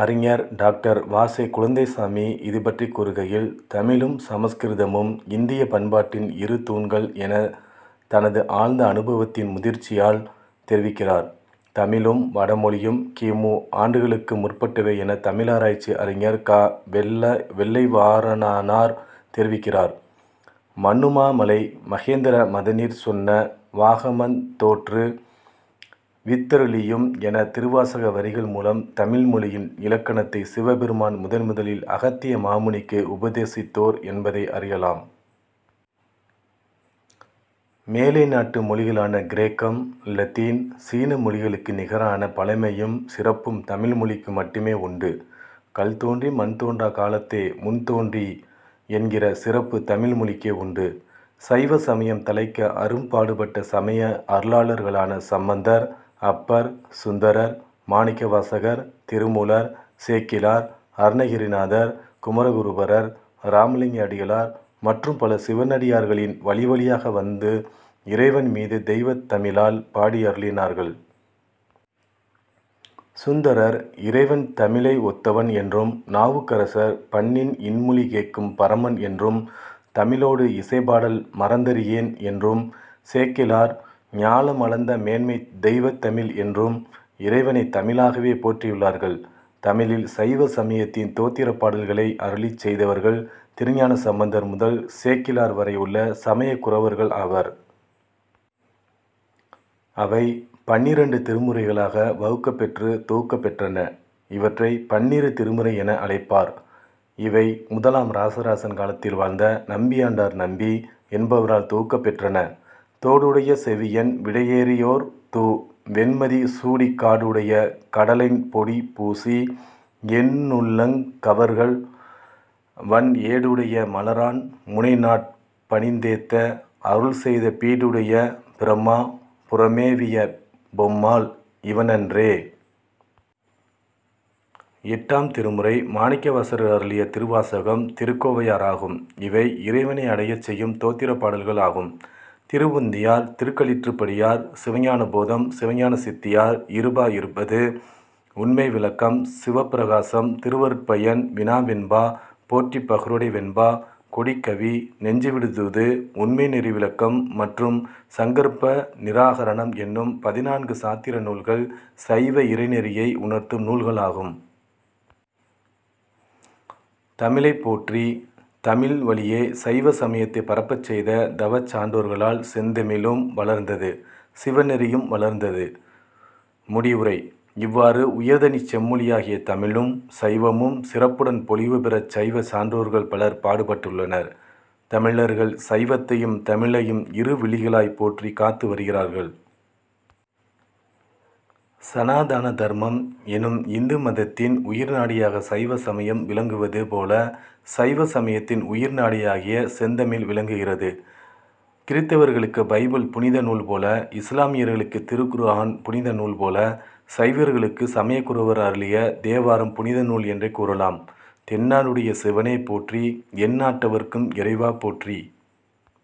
அறிஞர் டாக்டர் வா. செ. குழந்தைசாமி இதுபற்றிக் கூறுகையில், "தமிழும் சமற்கிருதமும் இந்திய பண்பாட்டின் இரு தூண்கள்' எனத் தனது ஆழ்ந்த அனுபவத்தின் முதிர்ச்சியால் தெரிவிக்கிறார். தமிழும், வடமொழியும் கி. மு. ஆண்டுகளுக்கு முற்பட்டவை எனத் தமிழாராய்ச்சி அறிஞர் க. வெள்ளைவாரணனார் தெரிவிக்கிறார். "மன்னுமா மலை மகேந்திர மதனிற்சொன்ன வாகமந் தோற்று வித்தருளியும்'எனும் திருவாசக வரிகள் மூலம் தமிழ்மொழியின் இலக்கணத்தைச் சிவபெருமான் முதன்முதலில் அகத்திய மாமுனிக்கு உபதேசித்தோர் என்பதை அறியலாம். மேலைநாட்டு மொழிகளான கிரேக்கம், இலத்தீன், சீன மொழிகளுக்கு நிகரான பழமையும், சிறப்பும் தமிழ்மொழிக்கு மட்டுமே உண்டு. "கல்தோன்றி மண்தோன்றாக் காலத்தே முன்தோன்றி' என்கிற சிறப்பு தமிழ்மொழிக்கே உண்டு. சைவ சமயம் தழைக்க அரும்பாடுபட்ட சமய அருளாளர்களான சம்பந்தர், அப்பர், சுந்தரர், மாணிக்க வாசகர், திருமூலர், சேக்கிழார், அருணகிரிநாதர், குமரகுருபரர், இராமலிங்க அடிகளார் மற்றும் பல சிவனடியார்களின் வழிவழியாக வந்து இறைவன் மீது தெய்வத் தமிழால் பாடியருளினார்கள். சுந்தரர், "இறைவன் தமிழை ஒத்தவன்' என்றும், நாவுக்கரசர், "பண்ணின் இன்மொழி கேட்கும் பரமன்' என்றும், "தமிழோடு இசைபாடல் மறந்தறியேன்' என்றும், சேக்கிழார் "ஞாலமளந்த மேன்மைத் தெய்வத்தமிழ்' என்றும் இறைவனைத் தமிழாகவே போற்றியுள்ளார்கள். தமிழில் சைவ சமயத்தின் தோத்திரப் பாடல்களை அருளிச் செய்தவர்கள் திருஞான சம்பந்தர் முதல் சேக்கிழார் வரை உள்ள சமயக்குரவர்கள் ஆவர். அவை பன்னிரண்டு திருமுறைகளாக வகுக்கப் பெற்று தொகுக்கப் பெற்றன. இவற்றை "பன்னிரு திருமுறை' என அழைப்பார். இவை முதலாம் இராசராசன் காலத்தில் வாழ்ந்த நம்பியாண்டார் நம்பி என்பவரால் தொகுக்கப் பெற்றன. "தோடுடைய செவியன் விடையேறியோர்தூ வெண்மதிசூடிக்காடுடைய கடலைந் பொடிபூசி என்னுள்ளங் கவர்கள்வன்ஏடுடைய மலரான் முனைநாட் பணிந்தேத்த அருள்செய்தபீடுடைய பிரமா புரமேவிய பொம்மாள் இவனன்றே! எட்டாம் திருமுறை மாணிக்கவாசகர் அருளிய திருவாசகம், திருகோவையார் ஆகும். இவை இறைவனை அடையச் செய்யும் தோத்திரப் பாடல்கள் ஆகும். திருவுந்தியார், திருக்களிற்றுப்படியார், சிவஞான போதம், சிவஞான சித்தியார், இருபா இருபஃது, உண்மை விளக்கம், சிவப்பிரகாசம், திருவருட்பயன், வினாவெண்பா, போற்றிப்பஃறொடை வெண்பா, கொடிக்கவி, நெஞ்சு விடு தூது, உண்மை நெறி விளக்கம் மற்றும் சங்கற்ப நிராகரணம் என்னும் பதினான்கு சாத்திர நூல்கள் சைவ இறை நெறியை உணர்த்தும் நூல்கள் ஆகும். தமிழைப் போற்றி, தமிழ் வழியே சைவ சமயத்தைப் பரப்பச் செய்த தவச் சான்றோர்களால் செந்தமிழும் வளர்ந்தது; சிவநெறியும் வளர்ந்தது. முடிவுரை:இவ்வாறு உயர்தனிச் செம்மொழியாகிய தமிழும், சைவமும் சிறப்புடன் பொலிவு பெற சைவச் சான்றோர்கள் பலர் பாடுபட்டுள்ளனர். தமிழர்கள் சைவத்தையும், தமிழையும் இரு விழிகளாய்ப் போற்றிக் காத்து வருகிறார்கள். சனாதன தர்மம் எனும் இந்து மதத்தின் உயிர்நாடியாகச் சைவசமயம் விளங்குவது போலச் சைவசமயத்தின் உயிர்நாடியாகச் செந்தமிழ் விளங்குகிறது. கிறித்தவர்களுக்கு பைபிள் புனித நூல் போல, இசுலாமியர்களுக்குத் திருக்குர் ஆன் புனிதநூல் போல, சைவர்களுக்குச் சமயக்குரவர் அருளிய தேவாரம் புனித நூல் என்றே கூறலாம். "தென்னாடுடைய சிவனே போற்றி; எந்நாட்டவர்க்கும் இறைவா போற்றி!